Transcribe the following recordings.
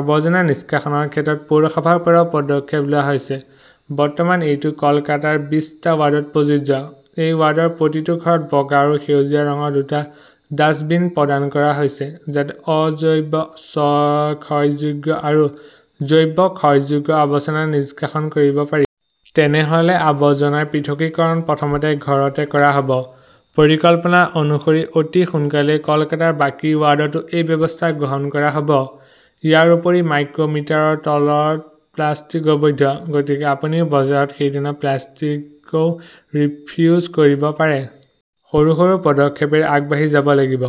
আবৰ্জনা নিষ্কাশন ক্ষেত্ৰত পৌৰসভাৰ পৰাও পদক্ষেপ লোৱা হৈছে। বৰ্তমান, এইটো কলকাতাৰ বিশ টা ৱাৰ্ডত প্ৰযোজ্য। এই ৱাৰ্ডৰ প্ৰতিটো ঘৰত বগা আৰু সেউজীয়া ৰঙৰ দুটা ডাস্টবিন প্ৰদান কৰা হৈছে। যাতে অ-জৈৱ-ক্ষয়যোগ্য আৰু জৈৱ-ক্ষয়যোগ্য আৱৰ্জনা নিষ্কাশন কৰিব পাৰি। তেনেহ'লে আৱৰ্জনাৰ পৃথকীকৰণ প্ৰথমতে ঘৰতে কৰা হ'ব। পৰিকল্পনা অনুসৰি অতি সোনকালেই কলকাতাৰ বাকী ৱাৰ্ডতো এই ব্যৱস্থা গ্ৰহণ কৰা হ'ব। ইয়াৰ উপৰিও মাইক্ৰ মিটাৰৰ তলৰ প্লাষ্টিক অবৈধ। গতিকে আপুনি বজাৰত সেই ধৰণৰ প্লাষ্টিকও ৰিফিউজ কৰিব পাৰে। সৰু সৰু পদক্ষেপেৰে আগবাঢ়ি যাব লাগিব।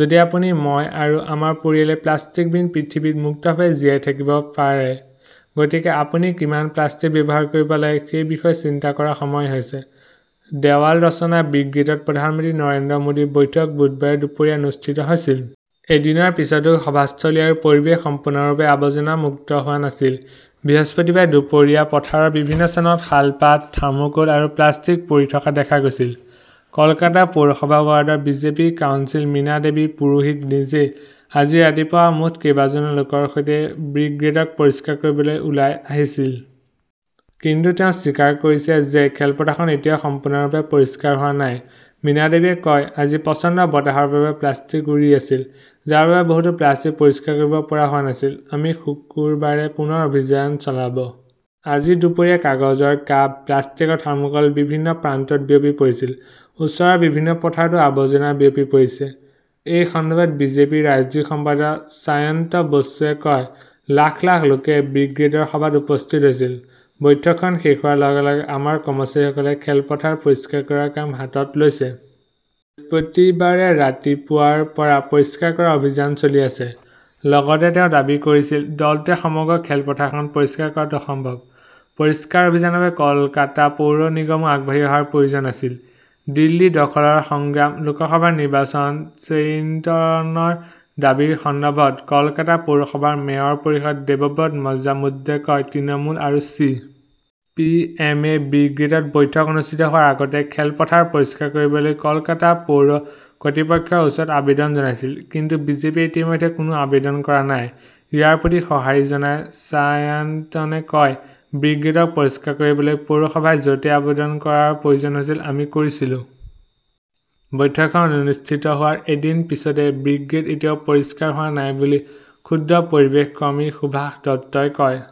যদি আপুনি, মই আৰু আমাৰ পৰিয়ালে প্লাষ্টিকবিহীন পৃথিৱীত মুক্তভাৱে জীয়াই থাকিব পাৰে। গতিকে আপুনি কিমান প্লাষ্টিক ব্যৱহাৰ কৰিব লাগে সেই বিষয়ে চিন্তা কৰাৰ সময় হৈছে। দেৱাল ৰচনা ব্ৰিগেডত প্ৰধানমন্ত্ৰী নৰেন্দ্ৰ মোদীৰ বৈঠক বুধবাৰে দুপৰীয়া অনুষ্ঠিত হৈছিল। এদিনৰ পিছতো সভাস্থলী আৰু পৰিৱেশ সম্পূৰ্ণৰূপে আৱৰ্জনা মুক্ত হোৱা নাছিল। বৃহস্পতিবাৰে দুপৰীয়াও পথাৰৰ বিভিন্ন স্থানত শালপাত, থাৰ্মোকোল আৰু প্লাষ্টিক পৰি থকা দেখা গৈছিল। কলকাতা পৌৰসভাৰ ৱাৰ্ডৰ বিজেপি কাউন্সিলৰ মীনা দেৱী পুৰোহিত নিজেই আজি ৰাতিপুৱা মুঠ কেইবাজনো লোকৰ সৈতে ব্ৰিগেডক পৰিষ্কাৰ কৰিবলৈ ওলাই আহিছিল। কিন্তু তেওঁ স্বীকাৰ কৰিছে যে খেলপথাৰখন এতিয়াও সম্পূৰ্ণৰূপে পৰিষ্কাৰ হোৱা নাই। মীনাদেৱীয়ে কয়, আজি প্ৰচণ্ড বতাহৰ বাবে প্লাষ্টিক উৰি আছিল। যাৰ বাবে বহুতো প্লাষ্টিক পৰিষ্কাৰ কৰিব পৰা হোৱা নাছিল। আমি শুকুৰবাৰে পুনৰ অভিযান চলাব। আজি দুপৰীয়া কাগজৰ কাপ, প্লাষ্টিক আৰু থাৰ্মোকল বিভিন্ন প্ৰান্তত বিয়পি পৰিছিল। ওচৰৰ বিভিন্ন পথাৰতো আবৰ্জনা বিয়পি পৰিছে। এই সন্দৰ্ভত বিজেপিৰ ৰাজ্যিক সম্পাদক সায়ন্ত বসুৱে কয়, লাখ লাখ লোকে ব্ৰিগেডৰ সভাত উপস্থিত হৈছিল। বৈঠকখন শেষ হোৱাৰ লগে লগে আমাৰ কৰ্মচাৰীসকলে খেলপথাৰ পৰিষ্কাৰ কৰাৰ কাম হাতত লৈছে। পতিবাৰে ৰাতিপুৱাৰ পৰা পৰিষ্কাৰ কৰা অভিযান চলি আছে। লগতে তেওঁ দাবী কৰিছিল, দলটোৱে সমগ্ৰ খেলপথাৰখন পৰিষ্কাৰ কৰাটো অসম্ভৱ। পৰিষ্কাৰ অভিযানৰ বাবে কলকাতা পৌৰ নিগমো আগবাঢ়ি অহাৰ প্ৰয়োজন আছিল। দিল্লী দখলৰ সংগ্ৰাম, লোকসভা নিৰ্বাচন চেইণ্টনৰ দাবীৰ সন্দৰ্ভত, কলকাতা পৌৰসভাৰ মেয়ৰ পৰিষদ দেৱব্ৰত মজামুদ্ৰে কয়, তৃণমূল আৰু চি. পি. এম. -এ ব্ৰিগেডত বৈঠক অনুষ্ঠিত হোৱাৰ আগতে খেলপথাৰ পৰিষ্কাৰ কৰিবলৈ কলকাতা পৌৰ কৰ্তৃপক্ষৰ ওচৰত আবেদন জনাইছিল। কিন্তু বিজেপিয়ে ইতিমধ্যে কোনো আবেদন কৰা নাই। ইয়াৰ প্ৰতি সঁহাৰি জনাই ছাইয়ান্তনে কয়, ব্ৰিগেডক পৰিষ্কাৰ কৰিবলৈ পৌৰসভাৰ য'তেই আবেদন কৰাৰ প্ৰয়োজন হৈছিল আমি কৰিছিলো। বৈঠকখন অনুষ্ঠিত হোৱাৰ এদিন পিছতে ব্ৰিগেড এতিয়াও পৰিষ্কাৰ হোৱা নাই বুলি ক্ষুব্ধ পৰিৱেশ কৰ্মী সুভাষ দত্তই কয়।